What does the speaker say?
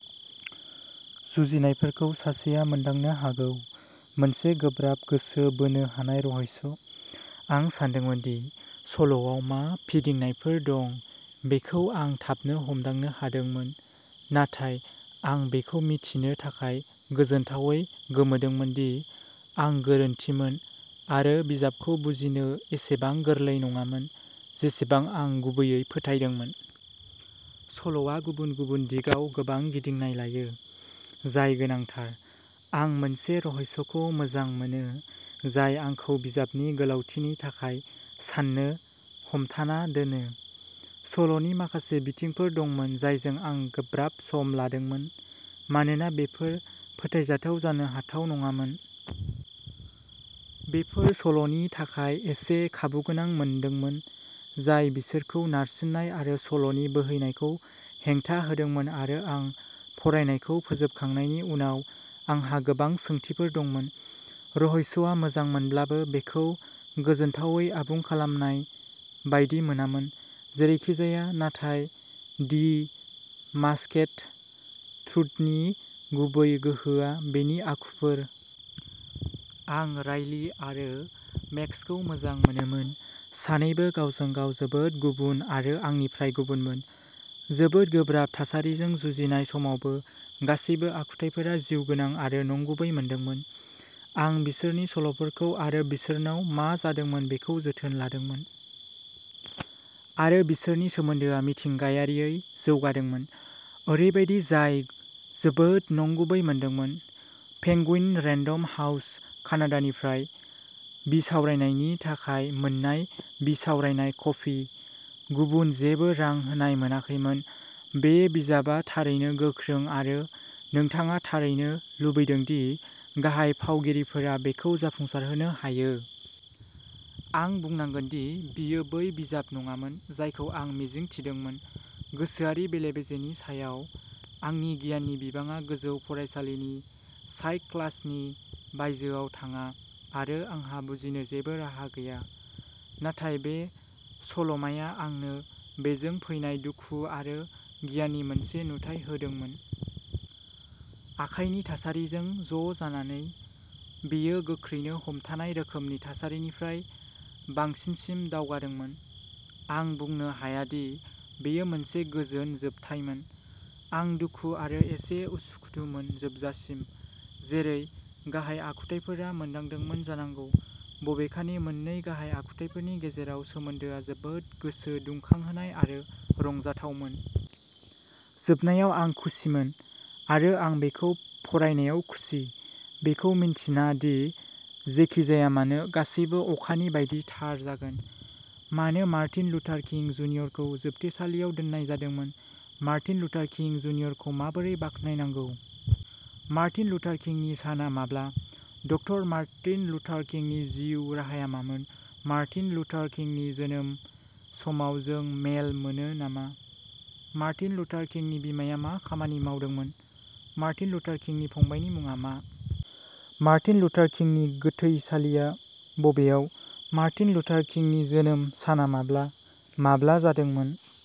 जुजिनायफोरखौ सासेआ मोनदांनो हागौ। मोनसे गोब्राब, गोसो बोनो हानाय रहस्यः आं सानदोंमोन दि सल'आव मा फिदिंनायफोर दं बेखौ आं थाबनो हमदांनो हादोंमोन, नाथाय आं बेखौ मिथिनो थाखाय गोजोनथावै गोमोदोंमोन दि आं गोरोन्थिमोन आरो बिजाबखौ बुजिनो एसेबां गोरलै नङामोन जेसेबां आं गुबैयै फोथायदोंमोन। सल'आ गुबुन गुबुन दिगाव गोबां गिदिंनाय लायो, जाय गोनांथार। आं मोनसे रहस्यखौ मोजां मोनो जाय आंखौ बिजाबनि गोलावथिनि थाखाय सान्नो हमथाना दोनो। सल'नि माखासे बिथिंफोर दंमोन जायजों आं गोब्राब सम लादोंमोन मानोना बेफोर फोथायजाथाव जानो हाथाव नङामोन। बेफोर सल'नि थाखाय एसे खाबुगोनां मोनदोंमोन जाय बिसोरखौ नारसिननाय आरो सल'नि बोहैनायखौ हेंथा होदोंमोन आरो आं फरायनायखौ फोजोबखांनायनि उनाव आंहा गोबां सोंथिफोर दंमोन। रहस्यआ मोजांमोनब्लाबो, बेखौ गोजोनथावै आबुं खालामनाय बायदि मोनामोन। जेरैखिजाया। नाथाय दि मास्केड ट्रुथनि गुबै गोहोआ बेनि आखुफोर। आं राइलि आरो मेक्सखौ मोजां मोनोमोन, सानैबो गावजों-गाव जोबोद गुबुन आरो आंनिफ्राय गुबुनमोन। जोबोद गोब्राब थासारिजों जुजिनाय समावबो, गासैबो आखुथाइफोरा जिउगोनां आरो नंगुबै मोनदोंमोन। आं बिसोरनि सल'फोर आरो बिसोरनाव मा जादोंमोन बेखौ जोथोन लादोंमोन। आरो बिसोरनि सोमोन्दोआ मिथिंगायारियै जौगादोंमोन, ओरैबायदि जाय जोबोद नंगुबै मोनदोंमोन। पेंगुइन रेन्डम हाउस कानाडानिफ्राय बिसावरायनायनि थाखाय मोन्नाय बिसावरायनाय कपि गुबुन जेबो रां होनाय मोनाखैमोन। बे बिजाबआ थारैनो गोख्रों, आरो नोंथाङा थारैनो लुबैदों दि गाहाय फावगिरिफोरा बेखौ जाफुंसारहोनो हायो। आं बुंनांगोन दि बेयो बै बिजाब नङामोन जायखौ आं मिजिंथिदोंमोन गोसोआरि बेले-बेजेनि सायाव आंनि गियाननि बिबाङा गोजौ फरायसालिनि साइक क्लासनि बायजोआव थाङा आरो आंहा बुजिनो जेबो राहा गैया नाथाय बे सल'माआ आंनो बेजों फैनाय दुखु आरो गिनायनि मोनसे नुथाइ होदोंमोन। आखाइनि थासारिजों ज'जानानै। बेयो गोख्रैनो हमथानाय रोखोमनि थासारिनिफ्राय बांसिनसिम दावगादोंमोन। आं बुंनो हाया दि बेयो मोनसे गोजोन जोबथायमोन आं दुखु आरो एसे उसुखुथुमोन जोबजासिम जेरै गाहाय आखुथाइफोरा मोनदांदोंमोन जानांगौ। बबेखानि, मोन्नै गाहाय आखुथाइफोरनि गेजेराव सोमोन्दोआ जोबोद गोसो दुंखांहोनाय आरो रंजाथावमोन। जोबनायाव आं खुसिमोन। आरो आं बेखौ फरायनायाव खुसि। बेखौ मिन्थिना दि जेखि जाया मानो गासैबो अखानि बायदि थार जागोन। मानो मार्टिन लुथार किं जुनियरखौ जोबथेसालियाव दोननाय जादोंमोन? मार्टिन लुथार किं, जुनियरखौ माबोरै बाख्नायनांगौ? मार्टिन लुथार किंनि साना माब्ला? डकटर मार्टिन लुथार किंनि जिउ राहाया मामोन? मार्टिन लुथार किंनि जोनोम सानाव जों मेल मोनो नामा? मार्टिन लुथार किंनि बिमाया मा खामानि मावदोंमोन? मार्टिन लुथार किंनि फंबायनि मुङा मा? मार्टिन लुथार किंनि गोथैसालिआ बबेयाव? मार्टिन लुथार किंनि जोनोम साना माब्ला? माब्ला जादोंमोन?